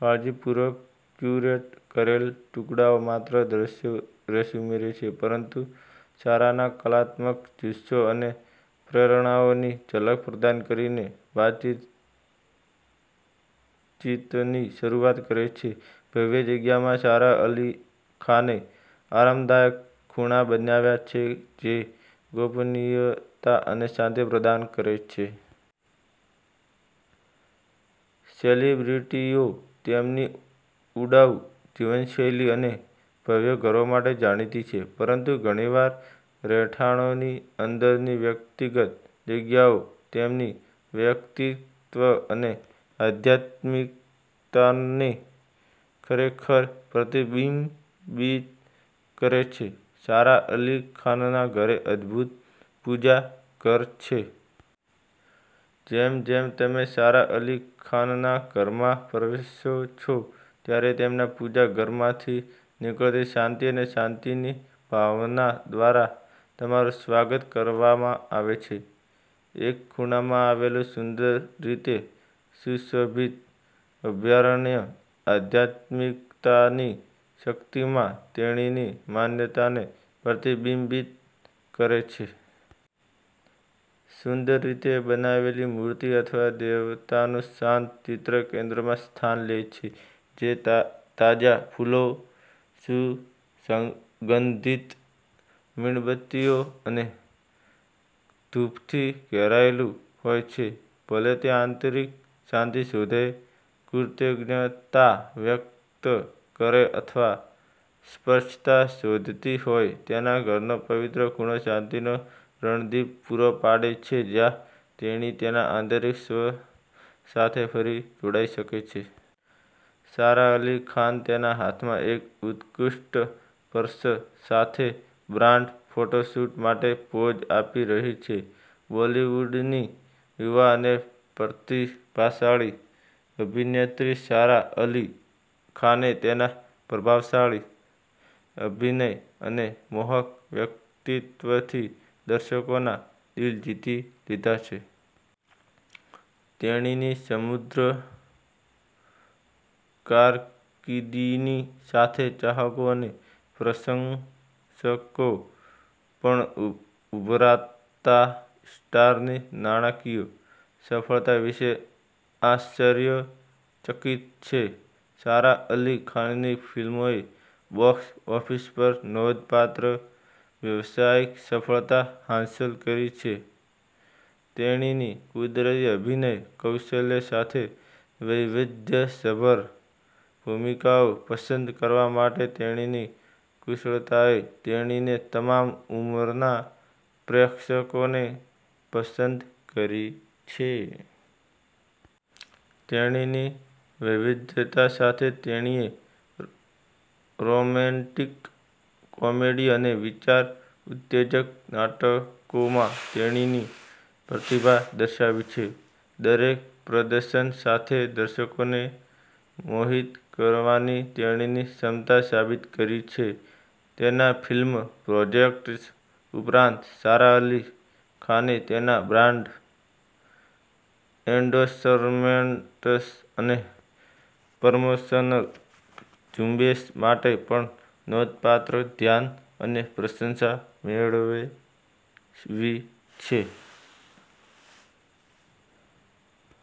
કાળજીપૂર્વક ક્યુરેટ કરેલ ટુકડાઓ માત્ર દ્રશ્ય રસ ઉમેરે છે પરંતુ સારાના કલાત્મક જુસ્સો અને પ્રેરણાઓની ઝલક પ્રદાન કરીને વાતચીતની શરૂઆત કરે છે. ભવ્ય જગ્યામાં સારા અલી ખાને આરામદાયક ખૂણા બનાવ્યા છે જે ગોપનીયતા અને શાંતિ પ્રદાન કરે છે. સેલિબ્રિટીઓ તેમની ઉડાઉ જીવનશૈલી અને ભવ્ય ઘરો માટે જાણીતી છે પરંતુ ઘણી વાર રહેઠાણોની અંદરની વ્યક્તિગત જગ્યાઓ તેમની વ્યક્તિત્વ અને આધ્યાત્મિકતાને ખરેખર પ્રતિબિંબિત કરે છે. સારા અલી ખાનના ઘરે અદભૂત 'પૂજા ઘર' છે. જેમ જેમ તમે સારા અલી ખાનના ઘરમાં પ્રવેશો છો, ત્યારે તેમના 'પૂજા ઘર' માંથી નીકળતી શાંતિ અને શાંતિની ભાવના દ્વારા તમારું સ્વાગત કરવામાં આવે છે. એક ખૂણામાં આવેલું સુંદર રીતે સુશોભિત અભયારણ્ય આધ્યાત્મિકતાની શક્તિમાં તેણીની માન્યતાને પ્રતિબિંબિત કરે છે. સુંદર રીતે બનાવેલી મૂર્તિ અથવા દેવતાનું શાંત ચિત્ર કેન્દ્રમાં સ્થાન લે છે જે તાજા ફૂલો, સુગંધિત મીણબત્તીઓ અને ધૂપથી ઘેરાયેલું હોય છે. ભલે તે આંતરિક શાંતિ શોધે, કૃતજ્ઞતા વ્યક્ત કરે અથવા સ્પષ્ટતા શોધતી હોય, તેના ઘરનો પવિત્ર ખૂણો શાંતિનો રણદ્વીપ પૂરો પાડે છે જ્યાં તેણી તેના આંતરિક સ્વ સાથે ફરી જોડાઈ શકે છે. સારા અલી ખાન તેના હાથમાં એક ઉત્કૃષ્ટ પર્સ સાથે બ્રાન્ડ ફોટોશૂટ માટે પોઝ આપી રહી છે. બોલિવૂડની યુવા અને પ્રતિભાશાળી અભિનેત્રી સારા અલી ખાને તેના પ્રભાવશાળી અભિનય અને મોહક વ્યક્તિત્વથી દર્શકોના દિલ જીતી લીધા છે. તેણીની સમૃદ્ધ કારકિર્દીની સાથે ચાહકો અને પ્રશંસકો પણ ઉભરતા સ્ટારની નાણાકીય સફળતા વિશે આશ્ચર્યચકિત છે. સારા અલી ખાનની ફિલ્મોએ બોક્સ ઓફિસ પર નોંધપાત્ર વ્યવસાયિક સફળતા હાંસલ કરી છે. તેણીની કુદરતી અભિનય કૌશલ્ય સાથે વૈવિધ્યસભર ભૂમિકાઓ પસંદ કરવા માટેની તેણીની કુશળતાએ તેણીને તમામ ઉંમરના પ્રેક્ષકોને પસંદ કરી છે. તેણીની વૈવિધ્યતા સાથે તેણીએ રોમેન્ટિક કોમેડી અને વિચાર ઉત્તેજક નાટકોમાં તેણીની પ્રતિભા દર્શાવી છે. દરેક પ્રદર્શન સાથે દર્શકોને મોહિત કરવાની તેણીની ક્ષમતા સાબિત કરી છે. તેના ફિલ્મ પ્રોજેક્ટ્સ ઉપરાંત, સારા અલી ખાને તેના બ્રાન્ડ એન્ડોર્સમેન્ટ્સ અને પ્રમોશનલ ઝુંબેશ માટે પણ નોંધપાત્ર ધ્યાન અને પ્રશંસા મેળવી છે.